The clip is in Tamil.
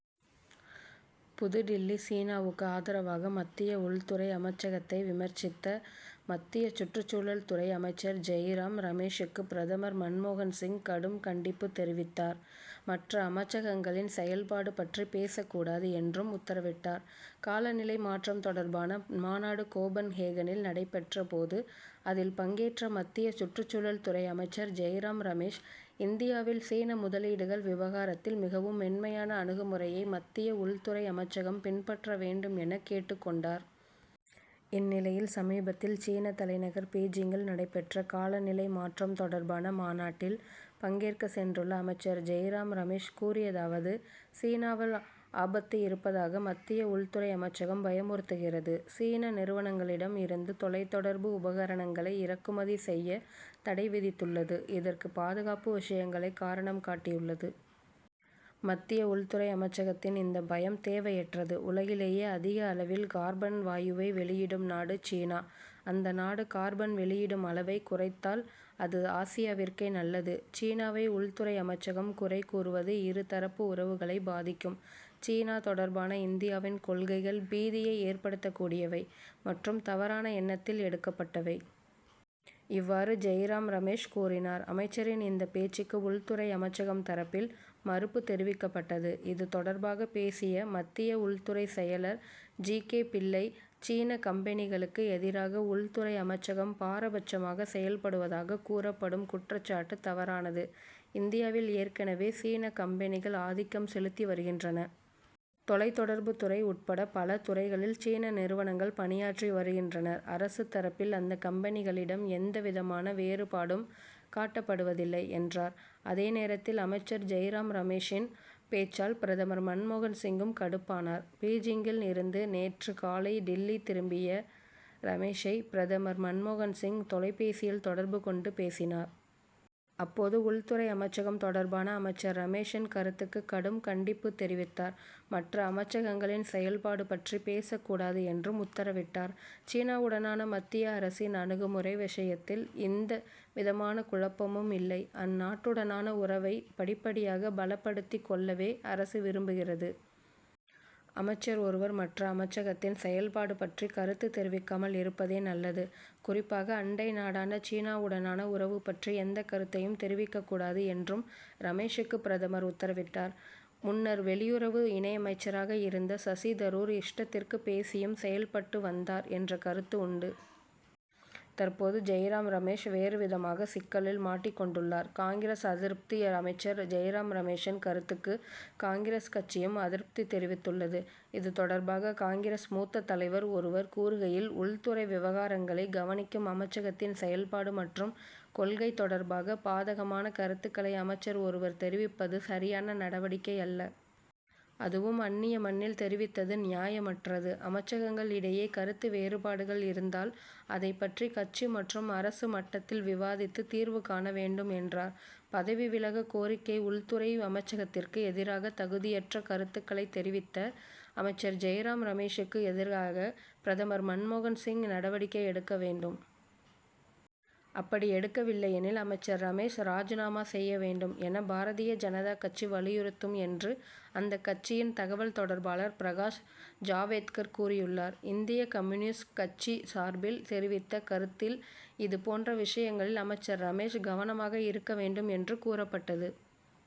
புதுடில்லி சீனாவுக்கு ஆதரவாக மத்திய உள்துறை அமைச்சகத்தை விமர்சித்த மத்திய சுற்றுச்சூழல் துறை அமைச்சர் ஜெய்ராம் ரமேஷுக்கு பிரதமர் மன்மோகன் சிங் கடும் கண்டிப்பு தெரிவித்தார். மற்ற அமைச்சகங்களின் செயல்பாடு பற்றி பேசக்கூடாது என்றும் உத்தரவிட்டார். காலநிலை மாற்றம் தொடர்பான மாநாடு கோபன்ஹேகனில் நடைபெற்ற போது அதில் பங்கேற்ற மத்திய சுற்றுச்சூழல் துறை அமைச்சர் ஜெய்ராம் ரமேஷ் இந்தியாவில் சீன முதலீடுகள் விவகாரத்தில் மிகவும் மென்மையான அணுகுமுறையை மத்திய உள்துறை அமைச்சகம் பின்பற்ற வேண்டும் என கேட்டுக் கொண்டார். இந்நிலையில் சமீபத்தில் சீன தலைநகர் பீஜிங்கில் நடைபெற்ற காலநிலை மாற்றம் தொடர்பான மாநாட்டில் பங்கேற்கச் சென்றுள்ள அமைச்சர் ஜெய்ராம் ரமேஷ் கூறியதாவது சீனாவால் ஆபத்து இருப்பதாக மத்திய உள்துறை அமைச்சகம் பயமுறுத்துகிறது. சீன நிறுவனங்களிடம் இருந்து தொலைத்தொடர்பு உபகரணங்களை இறக்குமதி செய்ய தடை விதித்துள்ளது. இதற்கு பாதுகாப்பு விஷயங்களை காரணம் காட்டியுள்ளது. மத்திய உள்துறை அமைச்சகத்தின் இந்தப் பயம் தேவையற்றது. உலகிலேயே அதிக அளவில் கார்பன் வாயுவை வெளியிடும் நாடு சீனா. அந்த நாடு கார்பன் வெளியிடும் அளவை குறைத்தால் அது ஆசியாவிற்கே நல்லது. சீனாவை உள்துறை அமைச்சகம் குறை கூறுவது இரு தரப்பு உறவுகளை பாதிக்கும். சீனா தொடர்பான இந்தியாவின் கொள்கைகள் பீதியை ஏற்படுத்தக்கூடியவை மற்றும் தவறான எண்ணத்தில் எடுக்கப்பட்டவை. இவ்வாறு ஜெய்ராம் ரமேஷ் கூறினார். அமைச்சரின் இந்தப் பேச்சுக்கு உள்துறை அமைச்சகம் தரப்பில் மறுப்பு தெரிவிக்கப்பட்டது. இது தொடர்பாக பேசிய மத்திய உள்துறைச் செயலர் ஜி. கே. பிள்ளை சீன கம்பெனிகளுக்கு எதிராக உள்துறை அமைச்சகம் பாரபட்சமாகச் செயல்படுவதாகக் கூறப்படும் குற்றச்சாட்டு தவறானது. இந்தியாவில் ஏற்கனவே சீன கம்பெனிகள் ஆதிக்கம் செலுத்தி வருகின்றன. தொலைத்தொடர்புத் துறை உட்பட பல துறைகளில் சீன நிறுவனங்கள் பணியாற்றி வருகின்றன. அரசு தரப்பில் அந்தக் கம்பெனிகளிடம் எந்த விதமான வேறுபாடும் காட்டப்படுவதில்லை என்றார். அதே நேரத்தில் அமைச்சர் ஜெய்ராம் ரமேஷின் பேச்சால் பிரதமர் மன்மோகன் சிங்கும் கடுப்பானார். பீஜிங்கில் இருந்து நேற்று காலை டில்லி திரும்பிய ரமேஷை பிரதமர் மன்மோகன் சிங் தொலைபேசியில் தொடர்பு கொண்டு பேசினார். அப்போது உள்துறை அமைச்சகம் தொடர்பான அமைச்சர் ரமேஷின் கருத்துக்கு கடும் கண்டிப்பு தெரிவித்தார். மற்ற அமைச்சகங்களின் செயல்பாடு பற்றி பேசக்கூடாது என்றும் உத்தரவிட்டார். சீனாவுடனான மத்திய அரசின் அணுகுமுறை விஷயத்தில் எந்த விதமான குழப்பமும் இல்லை. அந்நாட்டுடனான உறவை படிப்படியாக பலப்படுத்திக் கொள்ளவே அரசு விரும்புகிறது. அமைச்சர் ஒருவர் மற்ற அமைச்சகத்தின் செயல்பாடு பற்றி கருத்து தெரிவிக்காமல் இருப்பதே நல்லது. குறிப்பாக அண்டை நாடான சீனாவுடனான உறவு பற்றி எந்தக் கருத்தையும் தெரிவிக்கக்கூடாது என்றும் ரமேஷுக்கு பிரதமர் உத்தரவிட்டார். முன்னர் வெளியுறவு இணையமைச்சராக இருந்த சசி தரூர் இஷ்டத்திற்கு பேசியும் செயல்பட்டு வந்தார் என்ற கருத்து உண்டு. தற்போது ஜெய்ராம் ரமேஷ் வேறு விதமாக சிக்கலில் மாட்டிக் கொண்டுள்ளார். காங்கிரஸ் அதிருப்தி அமைச்சர் ஜெய்ராம் ரமேஷின் கருத்துக்கு காங்கிரஸ் கட்சியும் அதிருப்தி தெரிவித்துள்ளது. இது தொடர்பாக காங்கிரஸ் மூத்த தலைவர் ஒருவர் கூறுகையில் உள்துறை விவகாரங்களை கவனிக்கும் அமைச்சகத்தின் செயல்பாடு மற்றும் கொள்கை தொடர்பாக பாதகமான கருத்துக்களை அமைச்சர் ஒருவர் தெரிவிப்பது சரியான நடவடிக்கை அல்ல. அதுவும் அன்னிய மண்ணில் தெரிவித்தது நியாயமற்றது. அமைச்சகங்கள் இடையே கருத்து வேறுபாடுகள் இருந்தால் அதைப் பற்றி கட்சி மற்றும் அரசு மட்டத்தில் விவாதித்து தீர்வு காண வேண்டும் என்றார். பதவி விலக கோரிக்கை உள்துறை அமைச்சகத்திற்கு எதிராக தகுதியற்ற கருத்துக்களைத் தெரிவித்த அமைச்சர் ஜெய்ராம் ரமேஷிற்கு எதிராக பிரதமர் மன்மோகன் சிங் நடவடிக்கை எடுக்க வேண்டும். அப்படி எடுக்கவில்லையெனில் அமைச்சர் ரமேஷ் ராஜினாமா செய்ய வேண்டும் என பாரதிய ஜனதா கட்சி வலியுறுத்தும் என்று அந்தக் கட்சியின் தகவல் தொடர்பாளர் பிரகாஷ் ஜாவேத்கர் கூறியுள்ளார். இந்திய கம்யூ. கட்சி சார்பில் தெரிவித்த கருத்தில் இது போன்ற விஷயங்களில் அமைச்சர் ரமேஷ் கவனமாக இருக்க வேண்டும் என்று கூறப்பட்டது.